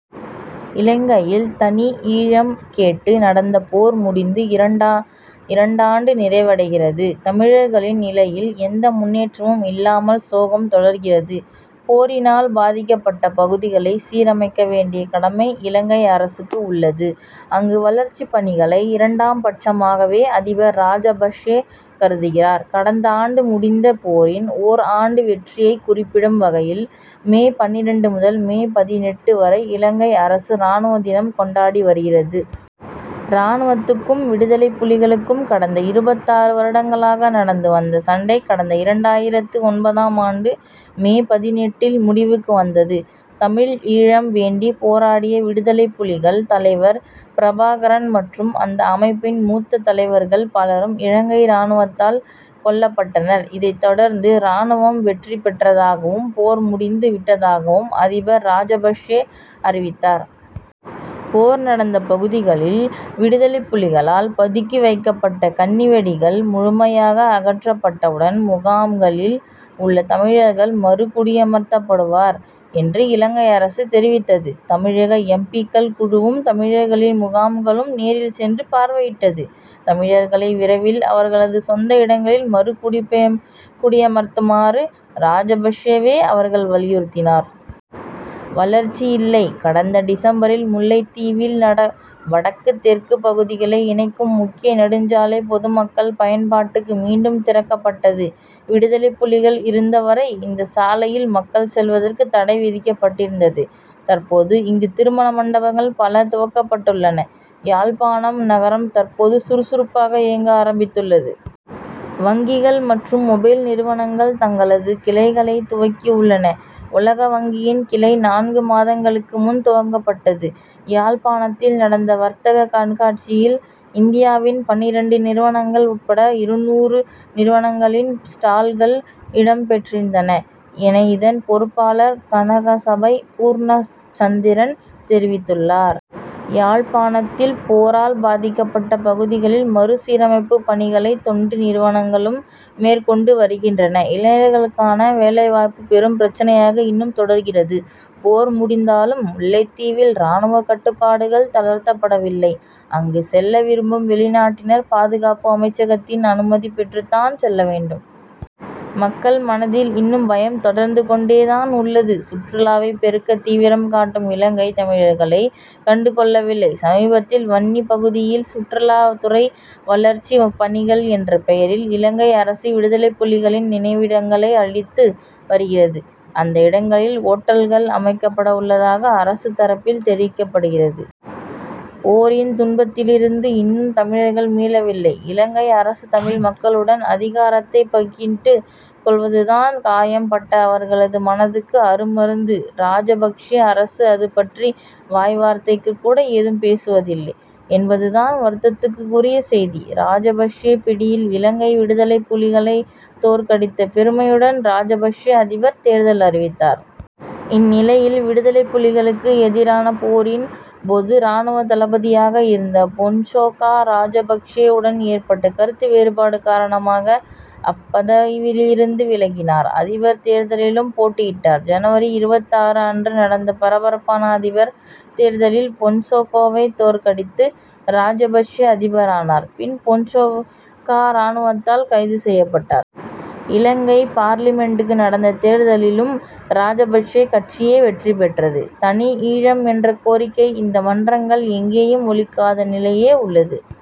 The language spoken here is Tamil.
இலங்கையில் தனிஈழம் கேட்டு நடந்த போர் முடிந்து ஓராண்டு நிறைவடைகிறது. தமிழர்களின் நிலையில் எந்த முன்னேற்றமும் இல்லாமல் சோகம் தொடர்கிறது. போரினால் பாதிக்கப்பட்ட பகுதிகளை சீரமைக்க வேண்டிய கடமை இலங்கை அரசுக்கு உள்ளது. அங்கு வளர்ச்சிப் பணிகளை இரண்டாம் பட்சமாகவே அதிபர் ராஜபக்ஷே கருதுகிறார். கடந்த ஆண்டு முடிந்த போரின் ஓர் ஆண்டு வெற்றியைக் குறிப்பிடும் வகையில் மே பன்னிரண்டு முதல் மே பதினெட்டு வரை இலங்கை அரசு ராணுவ தினம் கொண்டாடி வருகிறது. ராணுவத்துக்கும் விடுதலைப்புலிகளுக்கும் கடந்த இருபத்தாறு வருடங்களாக நடந்து வந்த சண்டை கடந்த இரண்டாயிரத்து ஒன்பதாம் ஆண்டு மே பதினெட்டில் முடிவுக்கு வந்தது. தமிழ் ஈழம் வேண்டி போராடிய விடுதலைப்புலிகள் தலைவர் பிரபாகரன் மற்றும் அந்த அமைப்பின் மூத்த தலைவர்கள் பலரும் இலங்கை ராணுவத்தால் கொல்லப்பட்டனர். இதைத் தொடர்ந்து ராணுவம் வெற்றி பெற்றதாகவும் போர் முடிந்து விட்டதாகவும் அதிபர் ராஜபக்ஷே அறிவித்தார். போர் நடந்த பகுதிகளில் விடுதலைப்புலிகளால் பதுக்கி வைக்கப்பட்ட கண்ணிவெடிகள் முழுமையாக அகற்றப்பட்டவுடன் முகாம்களில் உள்ள தமிழர்கள் மறு குடியமர்த்தப்படுவர் என்று இலங்கை அரசு தெரிவித்தது. தமிழக எம். பி.க்கள் குழுவும் தமிழர்களின் முகாம்களும் நேரில் சென்று பார்வையிட்டது. தமிழர்களை விரைவில் அவர்களது சொந்த இடங்களில் மறு குடியமர்த்துமாறு ராஜபக்ஷேவை அவர்கள் வலியுறுத்தினார். வளர்ச்சி இல்லை கடந்த டிசம்பரில் முல்லைத்தீவில் வடக்கு தெற்கு பகுதிகளை இணைக்கும் முக்கிய நெடுஞ்சாலை பொதுமக்கள் பயன்பாட்டுக்கு மீண்டும் திறக்கப்பட்டது. விடுதலைப்புலிகள் இருந்தவரை இந்த சாலையில் மக்கள் செல்வதற்கு தடை விதிக்கப்பட்டிருந்தது. தற்போது இங்கு திருமண மண்டபங்கள் பல துவக்கப்பட்டுள்ளன. யாழ்ப்பாணம் நகரம் தற்போது சுறுசுறுப்பாக இயங்க ஆரம்பித்துள்ளது. வங்கிகள் மற்றும் மொபைல் நிறுவனங்கள் தங்களது கிளைகளை துவக்கி உள்ளன. உலக வங்கியின் கிளை நான்கு மாதங்களுக்கு முன் துவக்கப்பட்டது. யாழ்ப்பாணத்தில் நடந்த வர்த்தக கண்காட்சியில் இந்தியாவின் பன்னிரண்டு நிறுவனங்கள் உட்பட இருநூறு நிறுவனங்களின் ஸ்டால்கள் இடம் பெற்றிருந்தன என இதன் பொறுப்பாளர் கனகசபை பூர்ணச்சந்திரன் தெரிவித்துள்ளார். யாழ்ப்பாணத்தில் போரால் பாதிக்கப்பட்ட பகுதிகளில் மறு சீரமைப்பு பணிகளை தொண்டு நிறுவனங்களும் மேற்கொண்டு வருகின்றன. இளைஞர்களுக்கான வேலைவாய்ப்பு பெரும் பிரச்னையாக இன்னும் தொடர்கிறது. போர் முடிந்தாலும் முல்லைத்தீவில் ராணுவ கட்டுப்பாடுகள் தளர்த்தப்படவில்லை. அங்கு செல்ல விரும்பும் வெளிநாட்டினர் பாதுகாப்பு அமைச்சகத்தின் அனுமதி பெற்றுத்தான் செல்ல வேண்டும். மக்கள் மனதில் இன்னும் பயம் தொடர்ந்து கொண்டே தான் உள்ளது. சுற்றுலாவை பெருக்க தீவிரம் காட்டும் இலங்கை தமிழர்களை கண்டுகொள்ளவில்லை. சமீபத்தில் வன்னி பகுதியில் சுற்றுலா துறை வளர்ச்சி பணிகள் என்ற பெயரில் இலங்கை அரசு விடுதலைப்புலிகளின் நினைவிடங்களை அழித்து வருகிறது. அந்த இடங்களில் ஓட்டல்கள் அமைக்கப்பட உள்ளதாக அரசு தரப்பில் தெரிவிக்கப்படுகிறது. போரின் துன்பத்திலிருந்து இன்னும் தமிழர்கள் மீளவில்லை. இலங்கை அரசு தமிழ் மக்களுடன் அதிகாரத்தை பங்கிட்டு கொள்வதுதான் காயம் பட்ட அவர்களது மனதுக்கு அருமருந்து. ராஜபக்ஷே அரசு அதுபற்றி வாய்வார்த்தைக்குக் கூட ஏதும் பேசுவதில்லை என்பதுதான் வருத்தத்துக்கு உரிய செய்தி. ராஜபக்ஷே பிடியில் இலங்கை விடுதலைப்புலிகளை தோற்கடித்த பெருமையுடன் ராஜபக்ஷே அதிபர் தேர்தலை அறிவித்தார். இந்நிலையில் விடுதலைப்புலிகளுக்கு எதிரான போரின் போது ராணுவ தளபதியாக இருந்த பொன்சேகா ராஜபக்ஷேயுடன் ஏற்பட்ட கருத்துவேறுபாடு காரணமாக அப்பதவியிலிருந்து விலகினார். அதிபர் தேர்தலிலும் போட்டியிட்டார். ஜனவரி இருபத்தாறு அன்று நடந்த பரபரப்பான அதிபர் தேர்தலில் பொன்சேகாவை தோற்கடித்து ராஜபக்ஷே அதிபரானார். பின் பொன்சேகா ராணுவத்தால் கைது செய்யப்பட்டார். இலங்கை பார்லிமென்டுக்கு நடந்த தேர்தலிலும் ராஜபக்ஷே கட்சியே வெற்றி பெற்றது. தனி ஈழம் என்ற கோரிக்கை இந்த மன்றங்கள் எங்கேயும் ஒலிக்காத நிலையே உள்ளது.